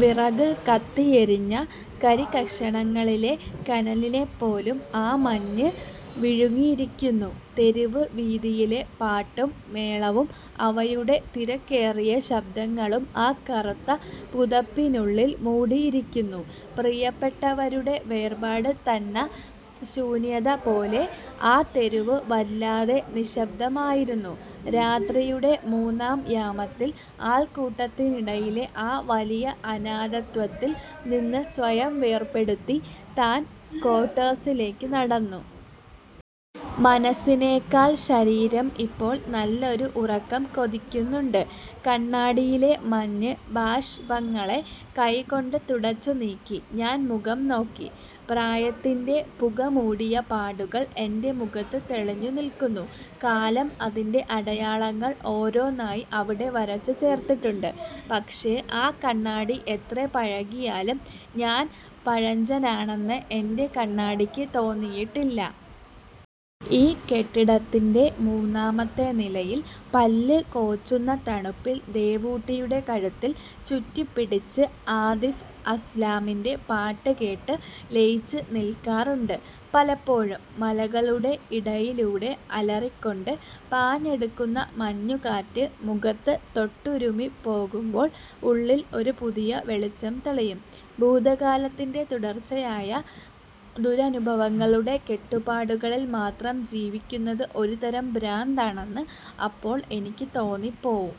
വിറക് കത്തിയെരിഞ്ഞ കരിക്കഷണങ്ങളിലെ കനലിനെപ്പോലും ആ മഞ്ഞ് വിഴുങ്ങിയിരിക്കുന്നു. തെരുവ് വീഥിയിലെ പാട്ടും മേളവും, അവയുടെ തിരക്കേറിയ ശബ്ദങ്ങളും ആ കറുത്ത പുതപ്പിനുള്ളിൽ മൂടിയിരിക്കുന്നു. പ്രിയപ്പെട്ടവരുടെ വേർപാട് തന്ന ശൂന്യത പോലെ ആ തെരുവ് വല്ലാതെ നിശബ്ദമായിരുന്നു. രാത്രിയുടെ മൂന്നാം യാമത്തിൽ, ആൾക്കൂട്ടത്തിനിടയിലെ ആ വലിയ അനാഥത്വത്തിൽ നിന്ന് സ്വയം വേർപെടുത്തി ഞാൻ ക്വാർട്ടേഴ്സിലേക്ക് നടന്നു. മനസ്സിനേക്കാൾ ശരീരം ഇപ്പോൾ നല്ലൊരു ഉറക്കം കൊതിക്കുന്നുണ്ട്. കണ്ണാടിയിലെ മഞ്ഞ് ബാഷ്പങ്ങളെ കൈകൊണ്ട് തുടച്ചുനീക്കി ഞാൻ മുഖം നോക്കി. പ്രായത്തിന്റെ പുക മൂടിയ പാടുകൾ എൻറെ മുഖത്ത് തെളിഞ്ഞു നിൽക്കുന്നു. കാലം അതിൻ്റെ അടയാളങ്ങൾ ഓരോന്നായി അവിടെ വരച്ചു ചേർത്തിട്ടുണ്ട്. പക്ഷേ, ആ കണ്ണാടി എത്ര പഴകിയാലും ഞാൻ പഴഞ്ചനാണെന്ന് എൻറെ കണ്ണാടിക്ക് തോന്നിയിട്ടില്ല. ഈ കെട്ടിടത്തിന്റെ മൂന്നാമത്തെ നിലയിൽ, പല്ല് കോച്ചുന്ന തണുപ്പിൽ ദേവൂട്ടിയുടെ കഴുത്തിൽ ചുറ്റിപ്പിടിച്ച് ആതിഫ് അസ്ലാമിന്റെ പാട്ട് കേട്ട് ലയിച്ച് നിൽക്കാറുണ്ട് പലപ്പോഴും. മലകളുടെ ഇടയിലൂടെ അലറിക്കൊണ്ട് പാഞ്ഞടുക്കുന്ന മഞ്ഞുകാറ്റ് മുഖത്ത് തൊട്ടുരുമ്മി പോകുമ്പോൾ ഉള്ളിൽ ഒരു പുതിയ വെളിച്ചം തെളിയും. ഭൂതകാലത്തിന്റെ തുടർച്ചയായ ദുരനുഭവങ്ങളുടെ കെട്ടുപാടുകളിൽ മാത്രം ജീവിക്കുന്നത് ഒരു തരം ഭ്രാന്താണെന്ന് അപ്പോൾ എനിക്ക് തോന്നിപ്പോവും.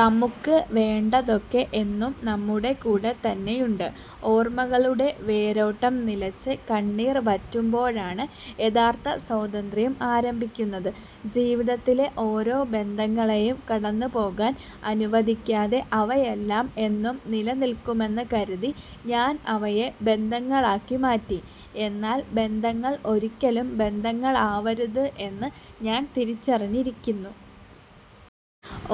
നമുക്ക് വേണ്ടതൊക്കെ എന്നും നമ്മുടെ കൂടെത്തന്നെയുണ്ട്. ഓർമ്മകളുടെ വേരോട്ടം നിലച്ച്, കണ്ണീർ വറ്റുമ്പോഴാണ് യഥാർത്ഥ സ്വാതന്ത്ര്യം ആരംഭിക്കുന്നത്. ജീവിതത്തിലെ ഓരോ ബന്ധങ്ങളെയും കടന്നുപോകാൻ അനുവദിക്കാതെ, അവയെല്ലാം എന്നും നിലനിൽക്കുമെന്ന് കരുതി ഞാൻ അവയെ ബന്ധനങ്ങളാക്കി മാറ്റി. എന്നാൽ ബന്ധങ്ങൾ ഒരിക്കലും ബന്ധനങ്ങളാവരുത് എന്ന് ഞാൻ തിരിച്ചറിഞ്ഞിരിക്കുന്നു.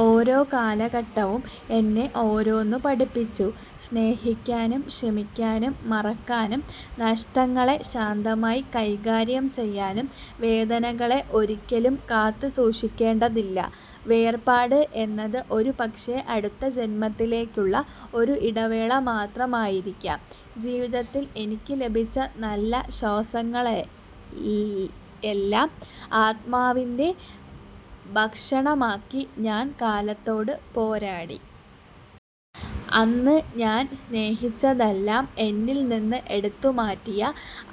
ഓരോ കാലഘട്ടവും എന്നെ ഓരോന്ന് പഠിപ്പിച്ചു, സ്നേഹിക്കാനും, ക്ഷമിക്കാനും, മറക്കാനും, നഷ്ടങ്ങളെ ശാന്തമായി കൈകാര്യം ചെയ്യാനും. വേദനകളെ ഒരിക്കലും കാത്തുസൂക്ഷിക്കേണ്ടതില്ല. വേർപാട് എന്നത് ഒരുപക്ഷേ അടുത്ത ജന്മത്തിലേക്കുള്ള ഒരു ഇടവേള മാത്രമായിരിക്കാം. ജീവിതത്തിൽ എനിക്ക് ലഭിച്ച നല്ല ശ്വാസങ്ങളെയെല്ലാം ആത്മാവിന്റെ ഭക്ഷണമാക്കി ഞാൻ കാലത്തോട് പോരാടി. അന്ന് ഞാൻ സ്നേഹിച്ചതെല്ലാം എന്നിൽ നിന്ന് എടുത്തുമാറ്റിയ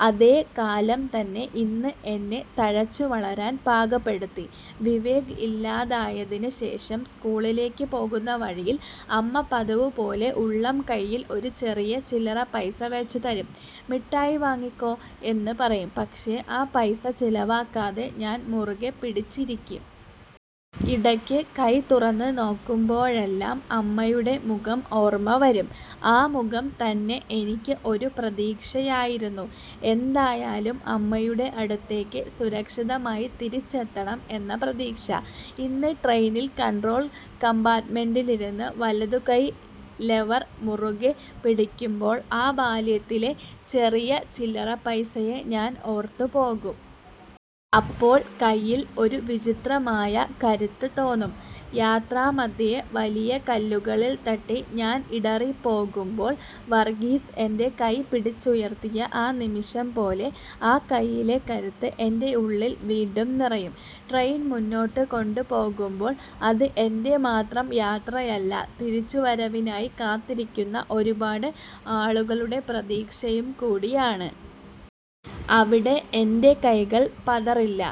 അതേ കാലം തന്നെ, ഇന്ന് എന്നെ തഴച്ചുവളരാൻ പാകപ്പെടുത്തി. വിവേക് ഇല്ലാതായതിന് ശേഷം സ്കൂളിലേക്ക് പോകുന്ന വഴിയിൽ അമ്മ പതിവുപോലെ ഉള്ളംകൈയിൽ ഒരു ചെറിയ ചില്ലറപൈസ വെച്ചുതരും. "മിഠായി വാങ്ങിക്കോ," എന്ന് പറയും. പക്ഷേ ആ പൈസ ചിലവാക്കാതെ ഞാൻ മുറുകെ പിടിച്ചിരിക്കും. ഇടയ്ക്ക് കൈ തുറന്ന് നോക്കുമ്പോഴെല്ലാം അമ്മയുടെ മുഖം ഓർമ്മ വരും. ആ മുഖം തന്നെ എനിക്ക് ഒരു പ്രതീക്ഷയായിരുന്നു, എന്തായാലും അമ്മയുടെ അടുത്തേക്ക് സുരക്ഷിതമായി തിരിച്ചെത്തണം എന്ന പ്രതീക്ഷ. ഇന്ന് ട്രെയിനിൽ കൺട്രോൾ കമ്പാർട്ട്മെന്റിലിരുന്ന് വലതുകൈ ലെവർ മുറുകെ പിടിക്കുമ്പോൾ, ആ ബാല്യത്തിലെ ചെറിയ ചില്ലറപൈസയെ ഞാൻ ഓർത്തു പോകും. അപ്പോൾ കയ്യിൽ ഒരു വിചിത്രമായ കരുത്ത് തോന്നും. യാത്രാമദ്ധ്യേ വലിയ കല്ലുകളിൽ തട്ടി ഞാൻ ഇടറിപ്പോകുമ്പോൾ വർഗീസ് എന്റെ കൈ പിടിച്ചുയർത്തിയ ആ നിമിഷം പോലെ, ആ കൈയിലെ കരുത്ത് എന്റെ ഉള്ളിൽ വീണ്ടും നിറയും. ട്രെയിൻ മുന്നോട്ട് കൊണ്ടുപോകുമ്പോൾ അത് എന്റെ മാത്രം യാത്രയല്ല, തിരിച്ചുവരവിനായി കാത്തിരിക്കുന്ന ഒരുപാട് ആളുകളുടെ പ്രതീക്ഷയും കൂടിയാണ്. അവിടെ എന്റെ കൈകൾ പതറില്ല.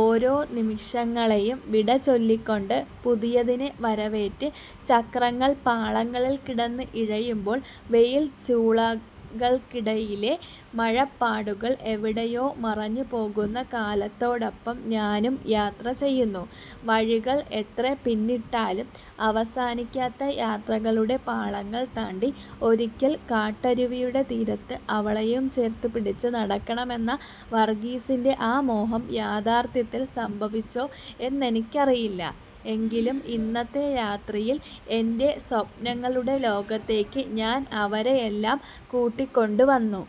ഓരോ നിമിഷങ്ങളെയും വിട ചൊല്ലിക്കൊണ്ട് പുതിയതിനെ വരവേറ്റ് ചക്രങ്ങൾ പാളങ്ങളിൽ കിടന്ന് ഇഴയുമ്പോൾ, വെയിൽ ചൂളകൾക്കിടയിലെ മഴപ്പാടുകൾ എവിടെയോ മറഞ്ഞു പോകുന്ന കാലത്തോടൊപ്പം ഞാനും യാത്ര ചെയ്യുന്നു; വഴികൾ എത്ര പിന്നിട്ടാലും അവസാനിക്കാത്ത യാത്രകളുടെ പാളങ്ങൾ താണ്ടി... ഒരിക്കൽ കാട്ടരുവിയുടെ തീരത്ത് അവളെയും ചേർത്തുപിടിച്ച് നടക്കണമെന്ന വർഗീസിന്റെ ആ മോഹം യാഥാർത്ഥ്യത്തിൽ സംഭവിച്ചോ എന്നെനിക്കറിയില്ല. എങ്കിലും, ഇന്നത്തെ രാത്രിയിൽ എന്റെ സ്വപ്നങ്ങളുടെ ലോകത്തേക്ക് ഞാൻ അവരെയെല്ലാം കൂട്ടിക്കൊണ്ടുവന്നു.